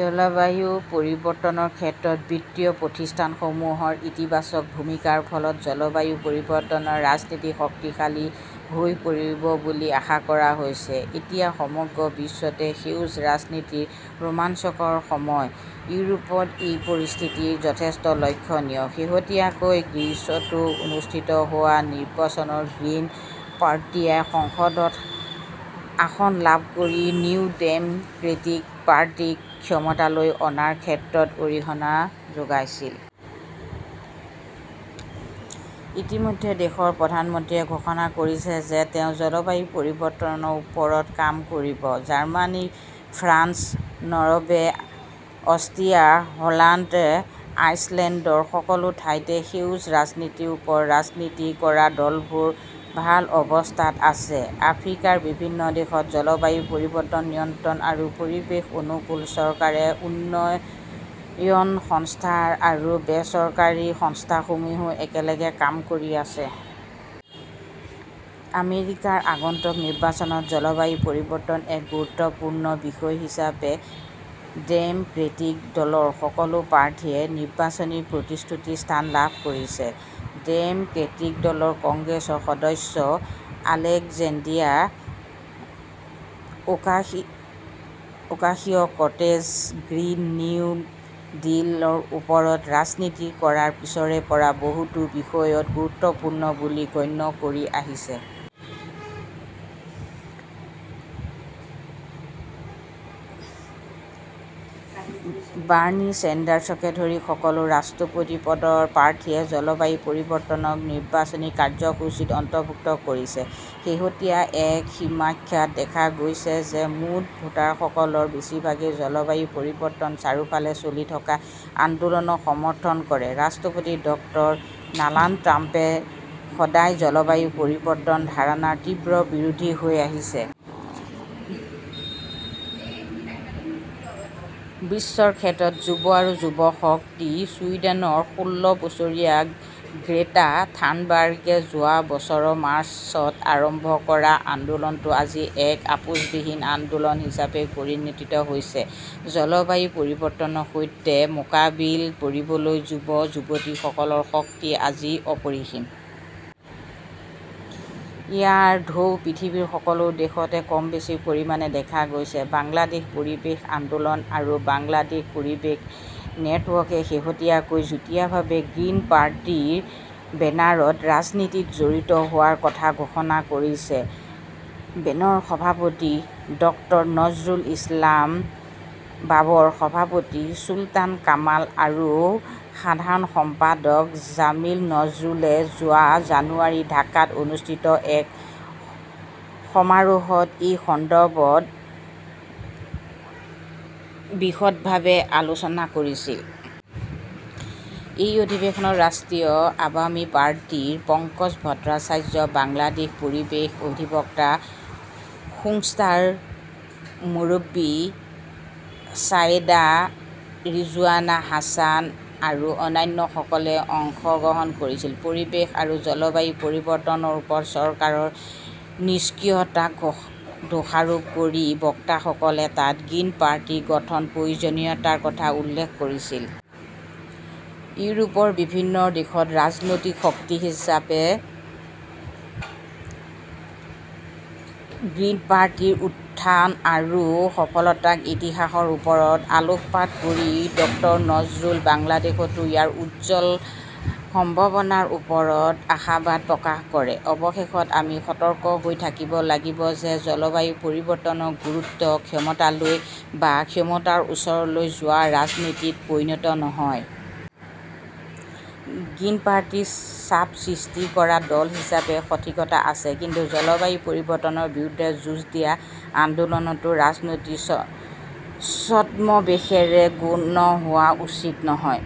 জলবায়ু পৰিৱৰ্তনৰ ক্ষেত্ৰত বিত্তীয় প্ৰতিষ্ঠানসমূহৰ ইতিবাচক ভূমিকাৰ ফলত জলবায়ু পৰিৱৰ্তনৰ ৰাজনীতি শক্তিশালী হৈ পৰিব বুলি আশা কৰা হৈছে। এতিয়া সমগ্ৰ বিশ্বতে 'সেউজ 'ৰাজনীতিৰ ৰোমাঞ্চকৰ সময়। ইউৰোপত এই পৰিস্থিতি যথেষ্ট লক্ষণীয়। শেহতীয়াকৈ গ্ৰীচতো অনুষ্ঠিত হোৱা নিৰ্বাচনত গ্ৰীণ পাৰ্টিয়ে সংসদত আসন লাভ কৰি নিউ ডেম'ক্ৰেটিক পাৰ্টিক ক্ষমতালৈ অনাৰ ক্ষেত্ৰতো অৰিহণা যোগাইছিল। ইতিমধ্যে দেশৰ প্ৰধানমন্ত্ৰীয়ে ঘোষণা কৰিছে যে তেওঁ জলবায়ু পৰিৱৰ্তনৰ ওপৰত কাম কৰিব। Germany, France, Norway, Austria, Holland, আইচলেণ্ডৰ সকলো ঠাইতে সেউজ অৰ্থনীতিৰ ওপৰত ৰাজনীতি কৰা দলবোৰ ভাল অৱস্থাত আছে। আফ্ৰিকাৰ বিভিন্ন দেশত জলবায়ু পৰিৱৰ্তন নিয়ন্ত্ৰণ আৰু পৰিৱেশ অনুকূল চৰকাৰ, উন্নয়ন সংস্থা আৰু বেচৰকাৰী সংস্থাসমূহেও একেলগে কাম কৰি আছে। আমেৰিকাৰ আগন্তুক নিৰ্বাচনত জলবায়ু পৰিৱৰ্তন এক গুৰুত্বপূৰ্ণ বিষয় হিচাপে ডেমক্ৰেটিক দলৰ সকলো প্ৰাৰ্থীয়ে নিৰ্বাচনী প্ৰতিশ্ৰুতিত স্থান লাভ কৰিছে। ডেমক্ৰেটিক দলৰ কংগ্ৰেছ সদস্য আলেকজেন্দ্ৰিয়া ওকাসিক ওকাসিঅ"-কৰ্টেজে 'গ্ৰীণ নিউ ডিল 'ৰ ওপৰত ৰাজনীতি কৰাৰ পিছৰে পৰা বহুতে বিষয়টো গুৰুত্বপূৰ্ণ বুলি গণ্য কৰি আহিছে। বাৰ্নী ছেণ্ডাৰ্ছকে ধৰি সকলো ৰাষ্ট্ৰপতি পদৰ প্ৰাৰ্থীয়ে জলবায়ু পৰিৱৰ্তনক নিৰ্বাচনী কাৰ্যসূচীত অন্তৰ্ভুক্ত কৰিছে। শেহতীয়া এক সমীক্ষাত দেখা গৈছে যে মুঠ ভোটাৰসকলৰ বেছিভাগেই জলবায়ু পৰিৱৰ্তনৰ চাৰিওফালে চলি থকা আন্দোলনক সমৰ্থন কৰে। ৰাষ্ট্ৰপতি ড 'নাল্ড ট্ৰাম্পে সদায় জলবায়ু পৰিৱৰ্তনৰ ধাৰণাৰ তীব্ৰ বিৰোধী হৈ আহিছে। বিশ্বৰ ক্ষেত্ৰত যুৱ আৰু যুৱ শক্তি ছুইডেনৰ ষোল্ল বছৰীয়া গ্ৰেটা থানবাৰ্গে যোৱা বছৰৰ মাৰ্চত আৰম্ভ কৰা আন্দোলনটো আজি এক আপোচহীন আন্দোলন হিচাপে পৰিগণিত হৈছে। জলবায়ু পৰিৱৰ্তনৰ সৈতে মোকাবিল কৰিবলৈ যুৱক-যুৱতীসকলৰ শক্তি আজি অপৰিসীম। ইয়াৰ ঢৌ পৃথিৱীৰ সকলো দেশত কম বেছি পৰিমাণে দেখা গৈছে। বাংলাদেশ পৰিৱেশ আন্দোলন আৰু বাংলাদেশ পৰিৱেশ নেটৱৰ্কে শেহতীয়াকৈ যুটীয়াভাৱে গ্ৰীণ পাৰ্টিৰ বেনাৰত ৰাজনীতিত জড়িত হোৱাৰ কথা ঘোষণা কৰিছে। বেনৰ সভাপতি ডক্টৰ নজৰুল ইছলাম, বাবাৰ সভাপতি চুলতান কামাল আৰু সাধাৰণ সম্পাদক জামিল নজৰুলে যোৱা জানুৱাৰীত ঢাকাত অনুষ্ঠিত এক সমাৰোহত এই সন্দৰ্ভত বিশদভাৱে আলোচনা কৰিছিল। এই অধিৱেশনত ৰাষ্ট্ৰীয় আৱামী পাৰ্টিৰ পঙ্কজ ভট্টাচাৰ্য, বাংলাদেশ পৰিৱেশ অধিবক্তা সংস্থাৰ মুৰব্বী ছায়েদা ৰিজৱানা হাছান আৰু অন্যান্যসকলে অংশগ্ৰহণ কৰিছিল। পৰিৱেশ আৰু জলবায়ু পৰিৱৰ্তনৰ ওপৰত চৰকাৰৰ নিষ্ক্ৰিয়তাক দোষ দোষাৰোপ কৰি বক্তাসকলে তাত গ্ৰীণ পাৰ্টি গঠনৰ প্ৰয়োজনীয়তাৰ কথা উল্লেখ কৰিছিল। ইউৰোপৰ বিভিন্ন দেশত ৰাজনৈতিক শক্তি হিচাপে গ্ৰীণ পাৰ্টিৰ উত্থান আৰু সফলতাৰ ইতিহাসৰ ওপৰত আলোকপাত কৰি ডক্টৰ নজৰুলে বাংলাদেশতো ইয়াৰ উজ্জ্বল সম্ভাৱনাৰ ওপৰত আশাবাদ প্ৰকাশ কৰে। অৱশেষত, আমি সতৰ্ক হৈ থাকিব লাগিব যে জলবায়ু পৰিৱৰ্তনৰ গুৰুত্ব ক্ষমতালৈ বা ক্ষমতাৰ ওচৰলৈ যোৱাৰ ৰাজনীতিত পৰিণত নহয়। গ্ৰীণ পাৰ্টিৰ চাপ সৃষ্টি কৰা দল হিচাপে সঠিকতা আছে। কিন্তু জলবায়ু পৰিৱৰ্তনৰ বিৰুদ্ধে যুঁজ দিয়া আন্দোলনটো ৰাজনীতিৰ ছদ ছদ্মবেশেৰে গৌণ হোৱা উচিত নহয়।